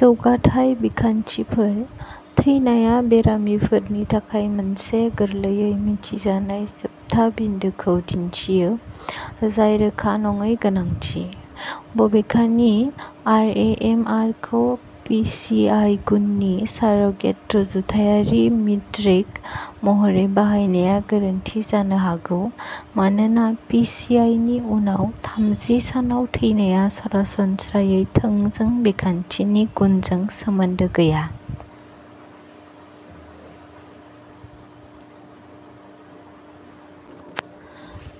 जौगाथाय बिखान्थिफोर। थैनायआ बेरामिफोरनि थाखाय मोनसे गोरलैयै मिन्थिजानाय जोबथा बिन्दोखौ दिन्थियो, जाय रोखा नङै गोनांथि। बबेखानि, आर ए एम आर खौ पि सि आइ गुननि सार'गेट रुजुथायारि मेट्रिक महरै बाहायनाया गोरोन्थि जानो हागौ, मानोना पि सि आइ नि उनाव थामजि सानाव थैनायआ सरासनस्रायै थोंजों बिखान्थिनि गुनजों सोमोन्दो गैया।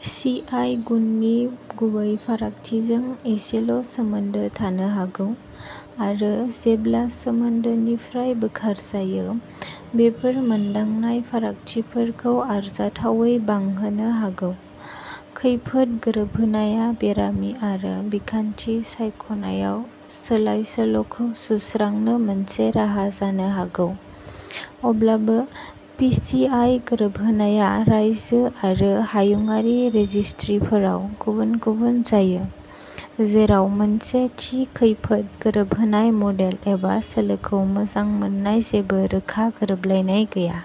सि आइ गुननि गुबै फारागथिजों एसेल' सोमोन्दो थानो हागौ, आरो जेब्ला सोमोन्दोनिफ्राय बोखारजायो, बेफोर मोनदांनाय फारागथिफोरखौ आरजाथावै बांहोनो हागौ। खैफोद गोरोबहोनायआ बेरामि आरो बिखान्थि सायख'नायाव सोलाय सोल'खौ सुस्रांनो मोनसे राहा जानो हागौ। अब्लाबो पि सि आइ गोरोबहोनायआ रायजो आरो हायुंआरि रेजिस्ट्रिफोराव गुबुन गुबुन जायो, जेराव मोनसे थि खैफोद गोरोबहोनाय मडेल एबा सोलोखौ मोजां मोननाय जेबो रोखा गोरोबलायनाय गैया।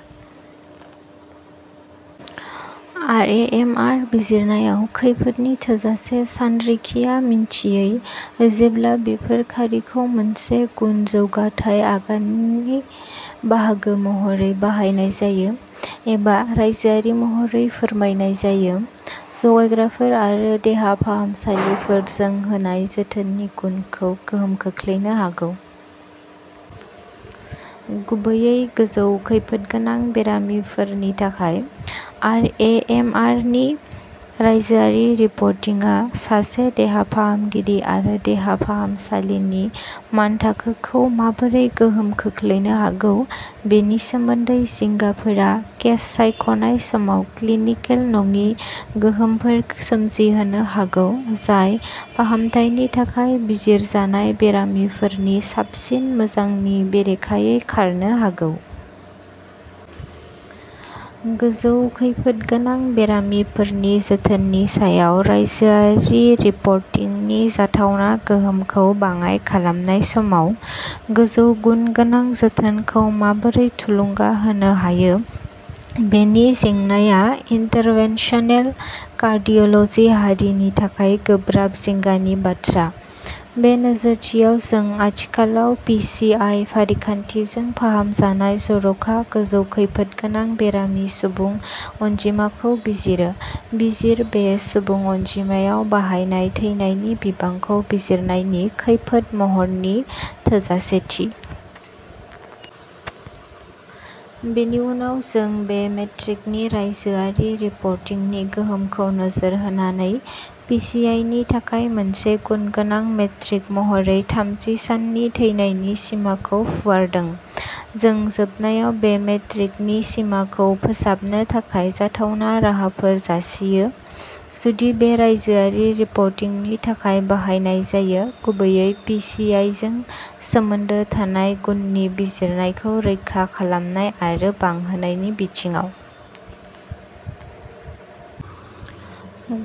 आर ए एम आर बिजिरनायाव खैफोदनि थोजासे सानरिखिया मिथियै जेब्ला बेफोर खारिखौ मोनसे गुन जौगाथाय आगाननि बाहागो महरै बाहायनाय जायो एबा रायजोआरि महरै फोरमायजायो जगायग्राफोर आरो देहा फाहामसालिफोरजों होनाय जोथोननि गुनखौ गोहोम खोख्लैनो हागौ। गुबैयै गोजौ खैफोदगोनां बेरामिफोरनि थाखाय, आर ए एम आर नि रायजोआरि रिपर्टिंआ सासे देहा फाहामगिरि आरो देहा फाहामसालिनि मानथाखोखौ माबोरै गोहोम खोख्लैनो हागौ बेनि सोमोन्दै जिंगाफोरा केस सायख'नाय समाव क्लिनिकेल नङि गोहोमफोर सोमजिहोनो हागौ जाय फाहामथायनि थाखाय बिजिरजानाय बेरामिफोरनि साबसिन मोजांनि बेरेखायै खारनो हागौ। गोजौ खैफोदगोनां बेरामिफोरनि जोथोननि सायाव रायजोआरि रिपर्टिंनि जाथावना गोहोमखौ बाङाइ खालामनाय समाव गोजौ गुनगोनां जोथोनखौ माबोरै थुलुंगा होनो हायो बेनि जेंनाआ इन्टारभेनसनेल कार्डिय'ल'जि हारिनि थाखाय गोब्राब जिंगानि बाथ्रा। बे नोजोरथियाव, जों आथिखालाव पि सि आइ फारिखान्थिफोरजों फाहामजानाय जर'खा गोजौ खैफोदगोनां बेरामि सुबुं अनजिमाखौ बिजिरो, बिजिर बे सुबुं अनजिमायाव बाहायनाय थैनायनि बिबांखौ बिजिरनायनि खैफोद महरफोरनि थोजासेथि। बेनि उनाव जों बे मेट्रिकनि रायजोआरि रिपर्टिंनि गोहोमखौ नोजोर होनानै, पि सि आइ नि थाखाय मोनसे गुनगोनां मेट्रिक महरै थामजि साननि थैनायनि सिमाफोरखौ फुवारदों। जों जोबनायाव बे मेट्रिकनि सिमाफोरखौ फोसाबनो थाखाय जाथावना राहाफोर जासियो, जुदि बेखौ रायजोआरि रिपर्टिंनि थाखाय बाहायनाय जायो, गुबैयै पि सि आइ जों सोमोन्दो थानाय गुननि बिजिरनायखौ रैखा खालामनाय आरो बांहोनायनि बिथिङाव।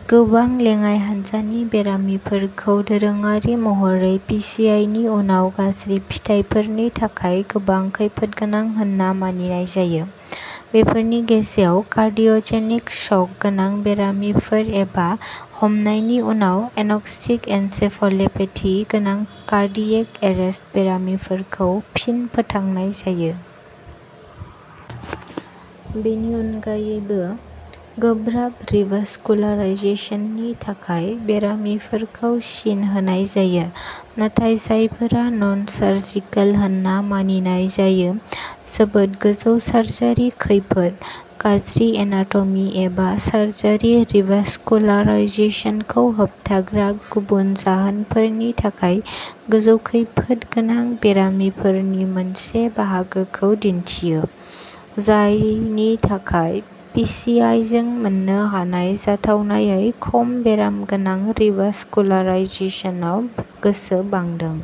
गोबां लेङाइ हान्जानि बेरामिफोरखौ दोरोङारि महरै पि सि आइ नि उनाव गाज्रि फिथायफोरनि थाखाय गोबां खैफोद गोनां होनना मानिनाय जायो। बेफोरनि गेजेराव कार्डिय'जेनिक शक गोनां बेरामिफोर एबा हमनायनि उनाव एन'क्सिक एन्सेफ'लेपेथि गोनां कार्डियेक एरेस्ट बेरामिफोरखौ फिन फोथांनाय जायो। बेनि अनगायैबो, गोब्राब रिभास्कुलाराइजेसननि थाखाय बेरामिफोरखौ सिन होनाय जायो नाथाय जायफोरा ननसर्जिकेल होनना मानिनाय जायो जोबोद गोजौ सार्जारि खैफोद, गाज्रि एनाट'मि, एबा सार्जारि रिभास्कुलाराइजेसनखौ होबथाग्रा गुबुन जाहोनफोरनि थाखाय गोजौ खैफोद गोनां बेरामिफोरनि मोनसे बाहागोखौ दिन्थियो, जायनि थाखाय पि सि आइ जों मोननो हानाय जाथावनायै खम बेराम गोनां रिभास्कुलाराइजेसनाव गोसो बांदों।